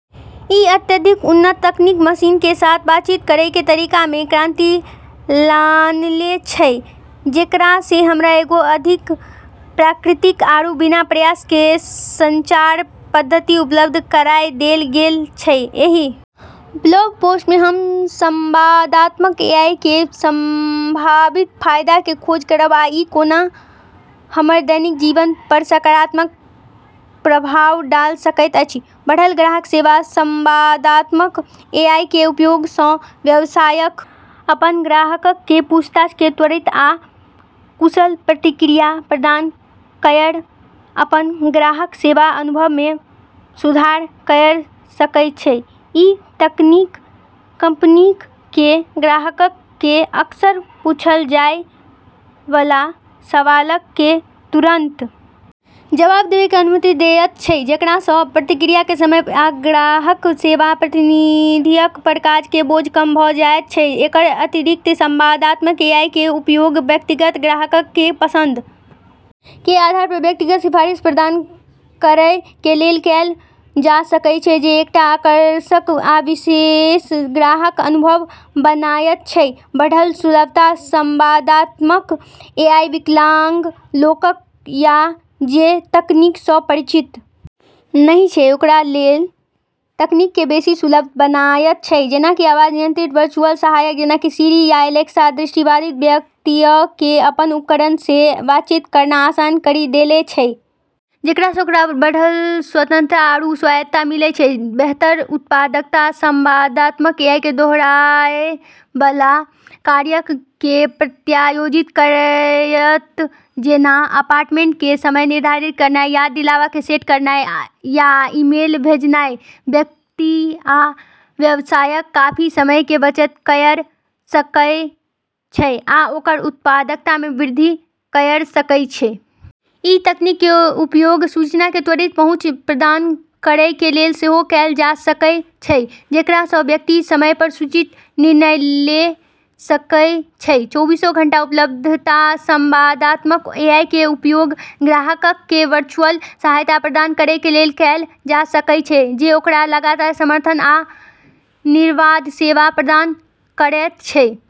ई अत्यधिक उन्नत तकनीक मशीनऽ के साथ बातचीत करै के तरीका मे क्रांति लानले छै, जेकरा से हमरा एगो अधिक प्राकृतिक आरू बिना प्रयास के संचार पद्धति उपलब्ध कराय देलऽ गेलऽ छै, एहि ब्लॉग पोस्ट में हम संवादात्मक एआई के संभावित फायदा के खोज करब आ ई कोना हमर दैनिक जीवन पर सकारात्मक प्रभाव डाल सकैत अछि, बढ़ल ग्राहक सेवा संवादात्मक एआई कें उपयोग सं व्यवसायक अपन ग्राहकक कें पूछताछ कें त्वरित आ कुशल प्रतिक्रिया प्रदान कयर अपन ग्राहक सेवा अनुभव मे सुधार कयर सकय छै, इ तकनीक कंपनीक कें ग्राहकक कें अक्सर पूछल जाय वाला सवालक कें तुरंत जवाब देवय कें अनुमति देयत छै‌ जेकरा सं प्रतिक्रिया कें समय आ ग्राहक सेवा प्रतिनिधियक पर काज कें बोझ कम भ जायत छै, एकर अतिरिक्त संवादात्मक एआई कें उपयोग व्यक्तिगत ग्राहकक कें पसंद कें आधार पर व्यक्तिगत सिफारिश प्रदान करय कें लेल कैल जा सकय छै जे एकटा आकर्षक आ विशेष ग्राहक अनुभव बनायत छै, बढ़ल सुलभता संवादात्मक एआई विकलांग लोगक या जे तकनीक सं परिचित नहि छै ओकरा लेल तकनीक कें बेसि सुलभ बनायत छै, जेना कि आवाज नियंत्रित वर्चुअल सहायक जेना कि सिरी या एलेक्सा, दृष्टिबाधित व्यक्तियऽ के अपनऽ उपकरणऽ से बातचीत करना आसान करी देले छै जेकरा स ओकरा बढ़लऽ स्वतंत्रता आरू स्वायत्तता मिलै छै, बेहतर उत्पादकता संवादात्मक एआई कें दोहराएय वाला कार्यक कें प्रत्यायोजित करयत जेना अपॉइंटमेंट कें समय निर्धारित करनाय, याद दिलावा कें सेट करनाय या ईमेल भेजनाय, व्यक्ति आ व्यवसायक काफी समय कें बचत कयर सकय छै आ ओकर उत्पादकता मे वृद्धि कयर सकय छै. इ तकनीक कें उपयोग सूचना कें त्वरित पहुंच प्रदान करय कें लेल सेहो कैल जा सकय छै जेकरा सं व्यक्ति समय पर सूचित निर्णय ले सकय छै, चौबीसों घंटा उपलब्धता संवादात्मक एआई कें उपयोग ग्राहकक कें वर्चुअल सहायता प्रदान करय कें लेल कैल जा सकय छै जे ओकरा लगातार समर्थन आ निर्बाध सेवा प्रदान करयत छै।